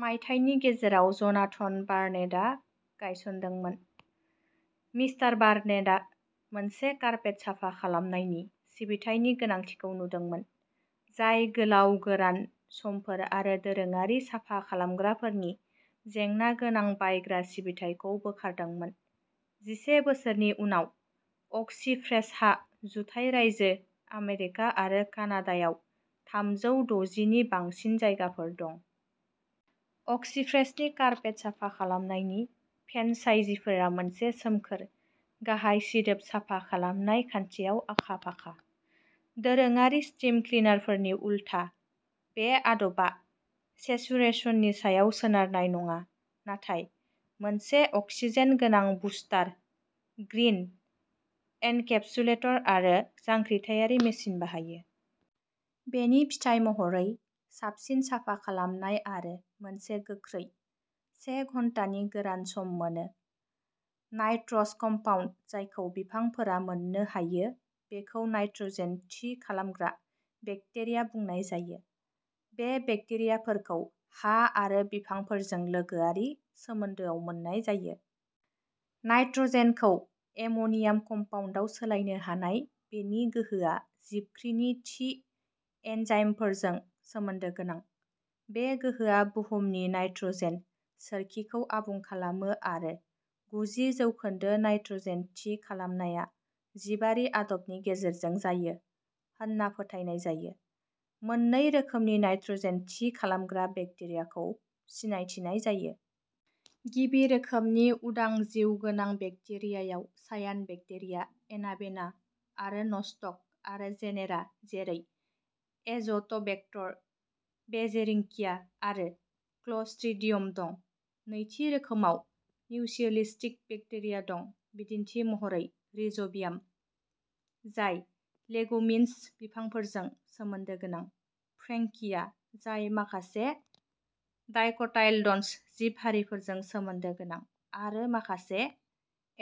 मायथाइनि गेजेराव जनाथन बार्नेटआ गायसनदोंमोन। मिस्टार बार्नेटआ मोनसे कारपेट साफा खालामनायनि सिबिथायनि गोनांथिखौ नुदोंमोन, जाय गोलाव गोरान समफोर आरो दोरोङारि साफा खालामग्राफोरनि जेंनागोनां बायग्रा सिबिथाइखौ बोखारदोंमोन। जिसे बोसोरनि उनाव, अक्सी फ्रेशहा जुथाइ रायजो आमेरिका आरो कानाडायाव थामजौ द'जिनि बांसिन जायगाफोर दं। अक्सी फ्रेशनि कारपेट साफा खालामनायनि फ्रेन्चाइजीफोरा मोनसे सोमखोर, गाहाय सिदोब साफा खालामनाय खान्थियाव आखा फाखा। दोरोङारि स्टीम क्लिनारफोरनि उलथा, बे आदबा सेचुरेशननि सायाव सोनारनाय नङा, नाथाय मोनसे अक्सिजेन गोनां बुस्टार, ग्रीन एनकैपसुलेटर आरो जांख्रिथायारि मेसिन बाहायो। बेनि फिथाय महरै साबसिन साफा खालामनाय आरो मोनसे गोख्रै, से घन्टानि गोरान सम मोनो। नाइट्रस कम्पाउन्ड जायखौ बिफांफोरा मोननो हायो बेखौ नाइट्रजेन थि खालामग्रा बेक्टेरिया बुंनाय जायो। बे बेक्टेरियाफोरखौ हा आरो बिफांफोरजों लोगोआरि सोमोन्दोआव मोन्नाय जायो। नाइट्रजेनखौ एम'नियाम कम्पाउन्डआव सोलायनो हानाय बेनि गोहोआ जिबख्रिनि थि एन्जाइमफोरजों सोमोन्दो गोनां। बे गोहोआ बुहुमनि नाइट्रजेन सोरखिखौ आबुं खालामो आरो गुजि जौखोन्दो नाइट्रजेन थि खालामनाया जिबारि आदबनि गेजेरजों जायो होन्ना फोथायनाय जायो। मोननै रोखोमनि नाइट्रजेन थि खालामग्रा बेक्टेरियाखौ सिनायथिनाय जायो। गिबि रोखोमनि उदां जिउगोनां बेक्टेरियायाव सायान बेक्टेरिया एनाबेना आरो न'स्टक आरो जेनेरा जेरै एज'ट'बेक्टर, बेइजेरिंकिया आरो क्लस्ट्रिडियम दं। नैथि रोखोमाव मिउचुएलिस्टिक बेक्टेरिया दं; बिदिन्थि महरै रिज'बियाम, जाय लेगुमिनस बिफांफोरजों सोमोन्दो गोनां; फ्रेंकिया, जाय माखासे डायकोटाइलडनस जिब हारिफोरजों सोमोन्दो गोनां; आरो माखासे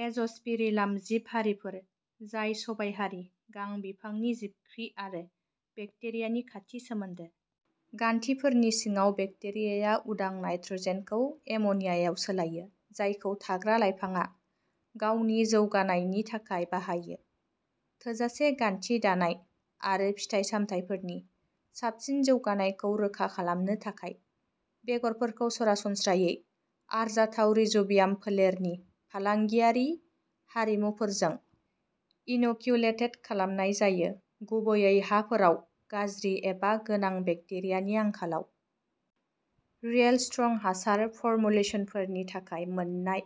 एज'स्पिरिलाम जिब हारिफोर, जाय सबायहारि गां बिफांनि जिबख्रि आरो बेक्टेरियानि खाथि सोमोन्दो। गान्थिफोरनि सिङाव बेक्टेरियाया उदां नाइट्रजेनखौ एमोनियायाव सोलायो, जायखौ थाग्रा लाइफांआ गावनि जौगानायनि थाखाय बाहायो। थोजासे गान्थि दानाय आरो फिथाइ सामथाइफोरनि साबसिन जौगानायखौ रोखा खालामनो थाखाय, बेगरफोरखौ सरासनस्रायै आरजाथाव रिज'बियाम फोलेरनि फालांगियारि हारिमुफोरजों इन'क्युलेटेड खालामनाय जायो, गुबैयै हाफोराव गाज्रि एबा गोनां बेक्टेरियानि आंखालाव। रियेलस्ट्रं हासार फरमुलेसनफोरनि थाखाय मोन्नाय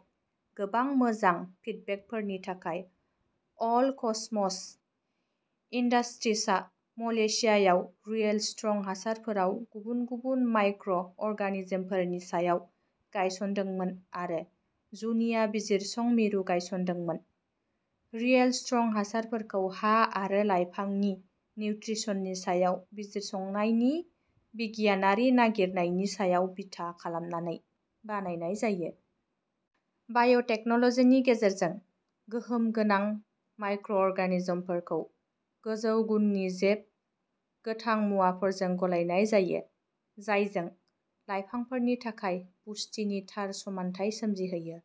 गोबां मोजां फिडबेकफोरनि थाखाय, अल कसमस इन्डास्ट्रिजआ मलेशियायाव रियेलस्ट्रं हासारफोराव गुबुन गुबुन माइक्र' अरगानिजमफोरनि सायाव गायसनदोंमोन आरो जुनिया बिजिरसं मिरु गायसनदोंमोन। रियेलस्ट्रं हासारफोरखौ हा आरो लाइफांनि निउत्रिसननि सायाव बिजिरसंनायनि बिगियानारि नागिरनायनि सायाव बिथा खालामनानै बानायनाय जायो। बाय'टेक्न'लजिनि गेजेरजों, गोहोम गोनां माइक्र'अरगानिजमफोरखौ गोजौ गुननि जैब गोथां मुवाफोरजों गलायनाय जायो, जायजों लाइफांफोरनि थाखाय पुष्टिनि थार समानथाय सोमजिहोयो।